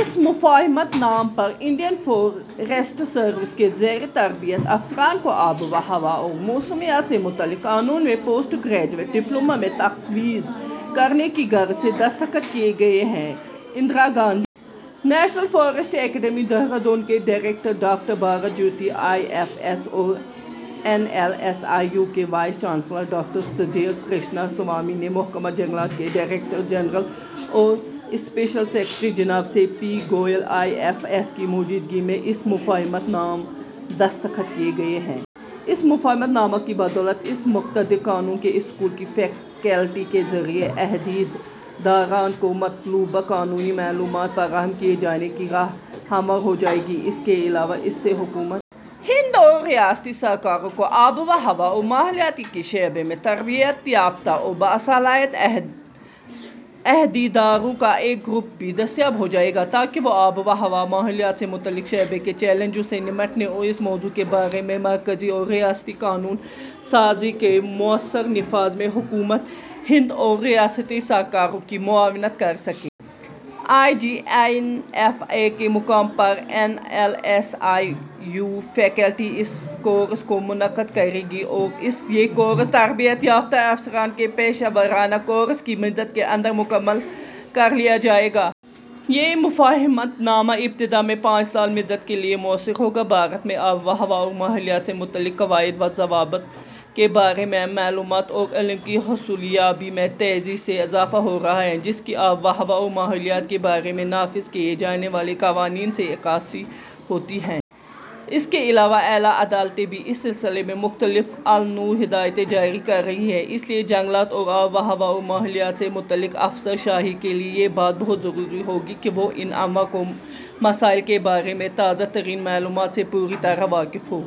اس مفاہمت نامہ پر انڈین فوریسٹ سروس کے زیر تربیت افسران کو آب وہوا اور موسمیات سے متعلق قانون میں پوسٹ گریجویٹ ڈپلومہ تفویض کرنے کی غرض سے دستخط کئے گئے ہیں۔ Indira Gandhi national forest academy Dehradun کے director doctor Bharat Jyoti I F S اور N L S I U کے vice chancellor doctor Sudhir Krishnaswamy نے محکمہ جنگلات کے ڈائریکٹر جنرل اور اسپیشل سکریٹری جناب C P Goel I F S کی موجودگی میں اس مفاہمت نامہ دستخط کئے گئے۔ اس مفاہمت نامہ کی بدولت، اس مقتدر قانون کے اسکول کی فیکلٹی کے ذریعہ عہدیداران کو مطلوبہ قانونی معلومات فراہم کئے جانے کی راہ ہموار ہوجائے گی۔ اس کے علاوہ اس سے حکومت ہند اور ریاستی سرکاروں کو آب وہوا اور ماحولیات کے شعبے میں تربیت یافتہ اور باصلاحیت عہدیداروں کا ایک گروپ بھی دستیاب ہوجائے گا، تاکہ وہ آب وہوا، ماحولیات سے متعلق شعبے کے چیلنجوں سے نمٹنے اور اس موضوع کے بارے میں مرکزی اور ریاستی قانون سازی کے مؤثر نفاذ میں حکومت ہند اور ریاستی سرکاروں کی معاونت کرسکیں۔ آئی جی این ایف اے کے مقام پر N L S I U faculty, اس کورس کو منعقد کرے گی اور یہ کورس، تربیت یافتہ افسران کے پیشہ ورانہ کورس کی مدت کے اندر مکمل کرلیا جائے گا۔ یہ مفاہمت نامہ، ابتدا میں پانچ سالہ مدت کیلئے مؤثر ہوگا۔ بھارت میں آب وہوا اور ماحولیات سے متعلق قواعد وضوابط کے بارے میں معلومات اور علم کی حصولیابی میں تیزی سے اضافہ ہورہا ہے، جس کی آب وہوا اور ماحولیات کے بارے میں نافذ کئے جانے والے قوانین سے عکاسی ہوتی ہے۔ اس کے علاوہ اعلیٰ عدالتیں بھی اس سلسلے میں مختلف النوع ہدایتیں جاری کررہی ہے۔ اس لیے، جنگلات اور آب وہوا اور ماحولیات سے متعلق افسر شاہی کے لئے یہ بات بہت ضروری ہوگئی ہے کہ وہ ان امور اور مسائل کے بارے میں تازہ ترین معلومات سے پوری طرح واقف ہوں۔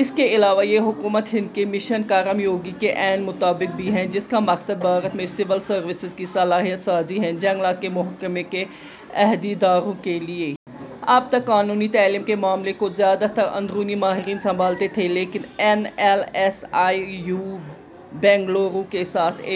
اس کے علاوہ یہ حکومت ہند کے مشن، کرم یوگی کے عین مطابق بھی ہے، جس کا مقصد بھارت میں سول سروسز کی صلاحیت سازی ہے۔ جنگلات کے محکمے کے عہدیداروں کے لئے اب تک قانونی تعلیم کے معاملے کو زیادہ تر اندرونی ماہرین سنبھالتے تھے، لیکن N L S I U Bengaluru کے ساتھ ایک